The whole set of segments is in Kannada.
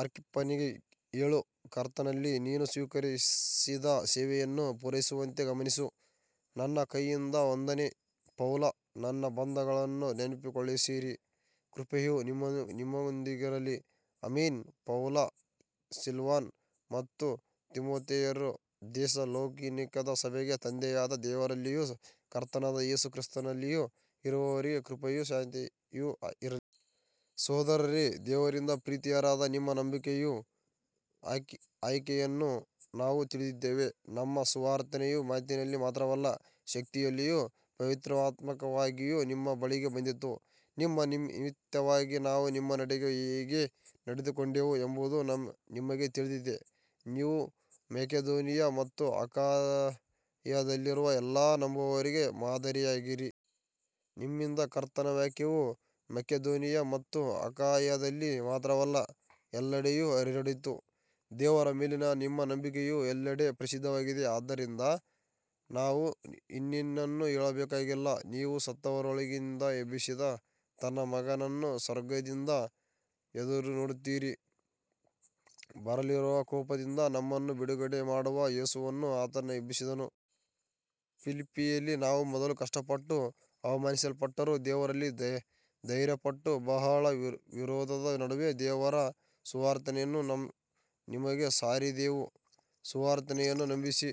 ಆರ್ಕಿಪ್ಪನಿಗೆ ಹೇಳು, ಕರ್ತನಲ್ಲಿ ನೀನು ಸ್ವೀಕರಿಸಿದ ಸೇವೆಯನ್ನು ಪೂರೈಸುವಂತೆ ಗಮನಿಸು. ನನ್ನ ಕೈಯಿಂದ ವಂದನೆ, ಪೌಲ. ನನ್ನ ಬಂಧನಗಳನ್ನು ನೆನಪಿಸಿಕೊಳ್ಳಿರಿ. ಕೃಪೆಯು ನಿಮ್ಮೊಂದಿಗಿರಲಿ. ಆಮೆನ್. ಪೌಲ, ಸಿಲ್ವಾನ ಮತ್ತು ತಿಮೊಥೆಯರು ಥೆಸಲೋನಿಕದ ಸಭೆಗೆ, ತಂದೆಯಾದ ದೇವರಲ್ಲಿಯೂ ಕರ್ತನಾದ ಯೇಸು ಕ್ರಿಸ್ತನಲ್ಲಿಯೂ ಇರುವವರಿಗೆ, ಕೃಪೆಯೂ ಶಾಂತಿಯೂ ಇರಲಿ. ಸಹೋದರರೇ, ದೇವರಿಂದ ಪ್ರಿಯರಾದ ನಿಮ್ಮ ನಂಬಿಕೆಯನ್ನೂ ಆಯ್ಕೆಯನ್ನೂ ನಾವು ತಿಳಿದಿದ್ದೇವೆ. ನಮ್ಮ ಸುವಾರ್ತೆಯು ಮಾತಿನಲ್ಲಿ ಮಾತ್ರವಲ್ಲ, ಶಕ್ತಿಯಲ್ಲಿಯೂ ಪವಿತ್ರಾತ್ಮನಲ್ಲಿಯೂ ನಿಮ್ಮ ಬಳಿಗೆ ಬಂದಿತು. ನಿಮ್ಮ ನಿಮಿತ್ತವಾಗಿ ನಾವು ನಿಮ್ಮ ನಡುವೆ ಹೇಗೆ ನಡೆದುಕೊಂಡೆವು ಎಂಬುದು ನಿಮಗೆ ತಿಳಿದಿದೆ. ನೀವು ಮಕೆದೋನಿಯ ಮತ್ತು ಅಖಾಯದಲ್ಲಿರುವ ಎಲ್ಲ ನಂಬುವವರಿಗೆ ಮಾದರಿಯಾದಿರಿ. ನಿಮ್ಮಿಂದ ಕರ್ತನ ವಾಕ್ಯವು ಮಕೆದೋನಿಯ ಮತ್ತು ಅಖಾಯದಲ್ಲಿ ಮಾತ್ರವಲ್ಲ, ಎಲ್ಲೆಡೆಯೂ ಹರಡಿತು. ದೇವರ ಮೇಲಿನ ನಿಮ್ಮ ನಂಬಿಕೆಯು ಎಲ್ಲೆಡೆ ಪ್ರಸಿದ್ಧವಾಗಿದೆ. ಆದ್ದರಿಂದ ನಾವು ಇನ್ನೇನನ್ನೂ ಹೇಳಬೇಕಾಗಿಲ್ಲ. ನೀವು ಸತ್ತವರೊಳಗಿಂದ ಎಬ್ಬಿಸಿದ ತನ್ನ ಮಗನನ್ನು ಸ್ವರ್ಗದಿಂದ ಎದುರುನೋಡುತ್ತೀರಿ. ಬರಲಿರುವ ಕೋಪದಿಂದ ನಮ್ಮನ್ನು ಬಿಡುಗಡೆ ಮಾಡುವ ಯೇಸುವನ್ನು ಆತನು ಎಬ್ಬಿಸಿದನು. ಫಿಲಿಪ್ಪಿಯಲ್ಲಿ ನಾವು ಮೊದಲು ಕಷ್ಟಪಟ್ಟು ಅವಮಾನಿಸಲ್ಪಟ್ಟರೂ, ದೇವರಲ್ಲಿ ಧೈರ್ಯಪಟ್ಟು ಬಹಳ ವಿರೋಧದ ನಡುವೆ ದೇವರ ಸುವಾರ್ತೆಯನ್ನು ನಿಮಗೆ ಸಾರಿದೆವು. ಸುವಾರ್ತೆಯನ್ನು ನಂಬಿಸಿ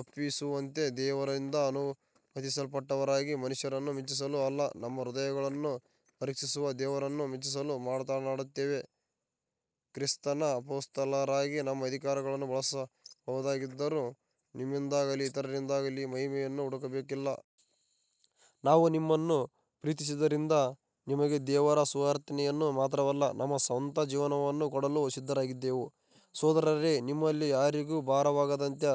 ಒಪ್ಪಿಸುವಂತೆ ದೇವರಿಂದ ಅನುಮತಿಸಲ್ಪಟ್ಟವರಾಗಿ, ಮನುಷ್ಯರನ್ನು ಮೆಚ್ಚಿಸಲು ಅಲ್ಲ, ನಮ್ಮ ಹೃದಯಗಳನ್ನು ಪರೀಕ್ಷಿಸುವ ದೇವರನ್ನು ಮೆಚ್ಚಿಸಲು ಮಾತನಾಡುತ್ತೇವೆ. ಕ್ರಿಸ್ತನ ಅಪೊಸ್ತಲರಾಗಿ ನಮ್ಮ ಅಧಿಕಾರವನ್ನು ಬಳಸಬಹುದಾಗಿದ್ದರೂ ನಿಮ್ಮಿಂದಾಗಲಿ ಇತರರಿಂದಾಗಲಿ ಮಹಿಮೆಯನ್ನು ಹುಡುಕಲಿಲ್ಲ. ನಾವು ನಿಮ್ಮನ್ನು ಪ್ರೀತಿಸಿದ್ದರಿಂದ ನಿಮಗೆ ದೇವರ ಸುವಾರ್ತೆಯನ್ನು ಮಾತ್ರವಲ್ಲ, ನಮ್ಮ ಸ್ವಂತ ಜೀವವನ್ನೂ ಕೊಡಲು ಸಿದ್ಧರಾಗಿದ್ದೆವು. ಸಹೋದರರೇ, ನಿಮ್ಮಲ್ಲಿ ಯಾರಿಗೂ ಭಾರವಾಗದಂತೆ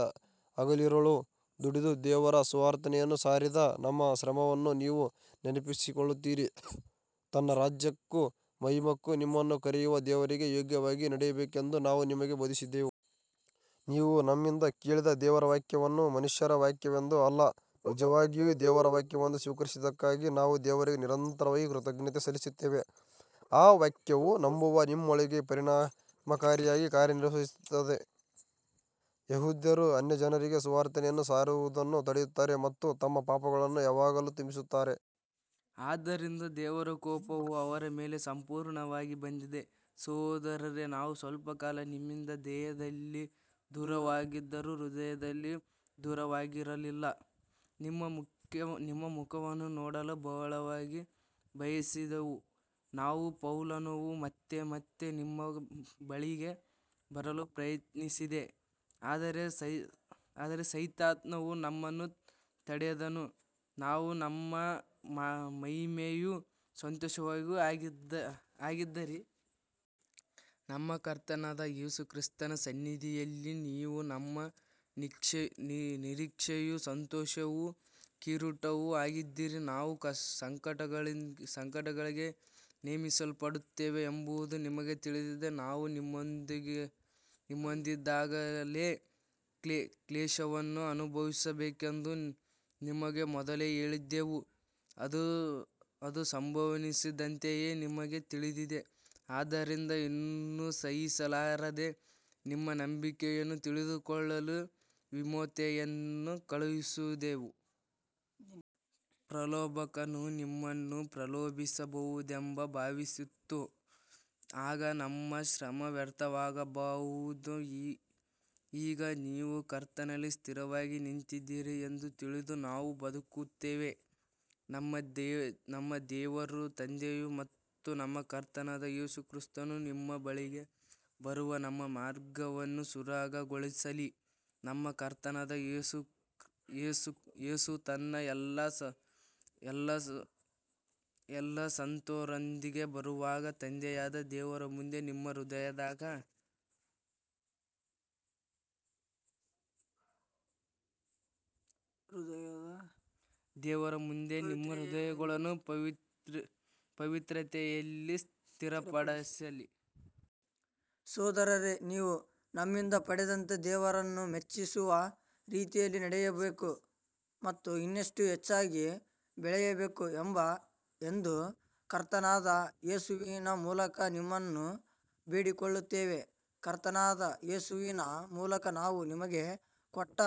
ಹಗಲಿರುಳು ದುಡಿದು ದೇವರ ಸುವಾರ್ತೆಯನ್ನು ಸಾರಿದ ನಮ್ಮ ಶ್ರಮವನ್ನು ನೀವು ನೆನಪಿಸಿಕೊಳ್ಳುತ್ತೀರಿ. ತನ್ನ ರಾಜ್ಯಕ್ಕೂ ಮಹಿಮಕ್ಕೂ ನಿಮ್ಮನ್ನು ಕರೆಯುವ ದೇವರಿಗೆ ಯೋಗ್ಯವಾಗಿ ನಡೆಯಬೇಕೆಂದು ನಾವು ನಿಮಗೆ ಬೋಧಿಸಿದೆವು. ನೀವು ನಮ್ಮಿಂದ ಕೇಳಿದ ದೇವರ ವಾಕ್ಯವನ್ನು ಮನುಷ್ಯರ ವಾಕ್ಯವೆಂದು ಅಲ್ಲ, ನಿಜವಾಗಿಯೂ ದೇವರ ವಾಕ್ಯವೆಂದು ಸ್ವೀಕರಿಸಿದ್ದಕ್ಕಾಗಿ ನಾವು ದೇವರಿಗೆ ನಿರಂತರವಾಗಿ ಕೃತಜ್ಞತೆ ಸಲ್ಲಿಸುತ್ತೇವೆ. ಆ ವಾಕ್ಯವು ನಂಬುವ ನಿಮ್ಮೊಳಗೆ ಪರಿಣಾಮಕಾರಿಯಾಗಿ ಕಾರ್ಯನಿರ್ವಹಿಸುತ್ತದೆ. ಯೆಹೂದ್ಯರು ಅನ್ಯಜನರಿಗೆ ಸುವಾರ್ತೆಯನ್ನು ಸಾರುವುದನ್ನು ತಡೆಯುತ್ತಾರೆ ಮತ್ತು ತಮ್ಮ ಪಾಪಗಳನ್ನು ಯಾವಾಗಲೂ ತುಂಬಿಸುತ್ತಾರೆ. ಆದ್ದರಿಂದ ದೇವರ ಕೋಪವು ಅವರ ಮೇಲೆ ಸಂಪೂರ್ಣವಾಗಿ ಬಂದಿದೆ. ಸಹೋದರರೇ, ನಾವು ಸ್ವಲ್ಪಕಾಲ ನಿಮ್ಮಿಂದ ದೇಹದಲ್ಲಿ ದೂರವಾಗಿದ್ದರೂ ಹೃದಯದಲ್ಲಿ ದೂರವಾಗಿರಲಿಲ್ಲ. ನಿಮ್ಮ ಮುಖವನ್ನು ನೋಡಲು ಬಹಳವಾಗಿ ಬಯಸಿದೆವು. ನಾನು ಪೌಲನು ಮತ್ತೆ ಮತ್ತೆ ನಿಮ್ಮ ಬಳಿಗೆ ಬರಲು ಪ್ರಯತ್ನಿಸಿದೆ, ಆದರೆ ಸೈತಾನನು ನಮ್ಮನ್ನು ತಡೆದನು. ನೀವು ನಮ್ಮ ಮಹಿಮೆಯೂ ಸಂತೋಷವೂ ಆಗಿದ್ದೀರಿ. ನಮ್ಮ ಕರ್ತನಾದ ಯೇಸು ಕ್ರಿಸ್ತನ ಸನ್ನಿಧಿಯಲ್ಲಿ ನೀವು ನಮ್ಮ ನಿರೀಕ್ಷೆಯೂ ಸಂತೋಷವೂ ಕಿರೀಟವೂ ಆಗಿದ್ದೀರಿ. ನಾವು ಸಂಕಟಗಳಿಗೆ ನೇಮಿಸಲ್ಪಟ್ಟಿದ್ದೇವೆ ಎಂಬುದು ನಿಮಗೆ ತಿಳಿದಿದೆ. ನಾವು ನಿಮ್ಮೊಂದಿಗಿದ್ದಾಗಲೇ ಕ್ಲೇಶವನ್ನು ಅನುಭವಿಸಬೇಕೆಂದು ನಿಮಗೆ ಮೊದಲೇ ಹೇಳಿದ್ದೆವು, ಅದು ಸಂಭವಿಸಿದಂತೆಯೇ ನಿಮಗೆ ತಿಳಿದಿದೆ. ಆದ್ದರಿಂದ ಇನ್ನು ಸಹಿಸಲಾರದೆ ನಿಮ್ಮ ನಂಬಿಕೆಯನ್ನು ತಿಳಿದುಕೊಳ್ಳಲು ತಿಮೊಥೆಯನನ್ನು ಕಳುಹಿಸಿದೆವು. ಪ್ರಲೋಭಕನು ನಿಮ್ಮನ್ನು ಪ್ರಲೋಭಿಸಿರಬಹುದೆಂಬ ಭಯವಿತ್ತು, ಆಗ ನಮ್ಮ ಶ್ರಮ ವ್ಯರ್ಥವಾಗಬಹುದು. ಈಗ ನೀವು ಕರ್ತನಲ್ಲಿ ಸ್ಥಿರವಾಗಿ ನಿಂತಿದ್ದೀರಿ ಎಂದು ತಿಳಿದು ನಾವು ಬದುಕುತ್ತೇವೆ. ನಮ್ಮ ದೇವರೂ ತಂದೆಯೂ ಮತ್ತು ನಮ್ಮ ಕರ್ತನಾದ ಯೇಸು ಕ್ರಿಸ್ತನೂ ನಿಮ್ಮ ಬಳಿಗೆ ಬರುವ ನಮ್ಮ ಮಾರ್ಗವನ್ನು ಸರಾಗಗೊಳಿಸಲಿ. ನಮ್ಮ ಕರ್ತನಾದ ಯೇಸು ತನ್ನ ಎಲ್ಲಾ ಸಂತರೊಂದಿಗೆ ಬರುವಾಗ, ತಂದೆಯಾದ ದೇವರ ಮುಂದೆ ನಿಮ್ಮ ಹೃದಯಗಳನ್ನು ಪವಿತ್ರತೆಯಲ್ಲಿ ಸ್ಥಿರಪಡಿಸಲಿ. ಸಹೋದರರೇ, ನೀವು ನಮ್ಮಿಂದ ಪಡೆದಂತೆ ದೇವರನ್ನು ಮೆಚ್ಚಿಸುವ ರೀತಿಯಲ್ಲಿ ನಡೆಯಬೇಕು ಮತ್ತು ಇನ್ನಷ್ಟು ಹೆಚ್ಚಾಗಿ ಬೆಳೆಯಬೇಕು ಎಂದು ಕರ್ತನಾದ ಯೇಸುವಿನ ಮೂಲಕ ನಿಮ್ಮನ್ನು ಬೇಡಿಕೊಳ್ಳುತ್ತೇವೆ. ಕರ್ತನಾದ ಯೇಸುವಿನ ಮೂಲಕ ನಾವು ನಿಮಗೆ ಕೊಟ್ಟ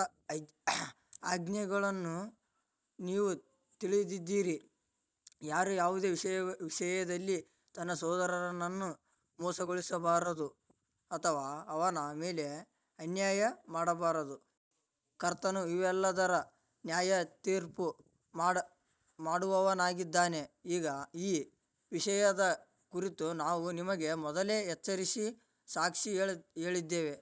ಆಜ್ಞೆಗಳನ್ನು ನೀವು ತಿಳಿದಿದ್ದೀರಿ. ಯಾರೂ ಯಾವುದೇ ವಿಷಯದಲ್ಲಿ ತನ್ನ ಸಹೋದರನನ್ನು ಮೋಸಗೊಳಿಸಬಾರದು ಅಥವಾ ಅವನ ಮೇಲೆ ಅನ್ಯಾಯ ಮಾಡಬಾರದು. ಕರ್ತನು ಇವೆಲ್ಲದರ ನ್ಯಾಯತೀರ್ಪು ಮಾಡುವವನಾಗಿದ್ದಾನೆ. ಈ ವಿಷಯದ ಕುರಿತು ನಾವು ನಿಮಗೆ ಮೊದಲೇ ಎಚ್ಚರಿಸಿ ಸಾಕ್ಷಿ ಹೇಳಿದ್ದೇವೆ.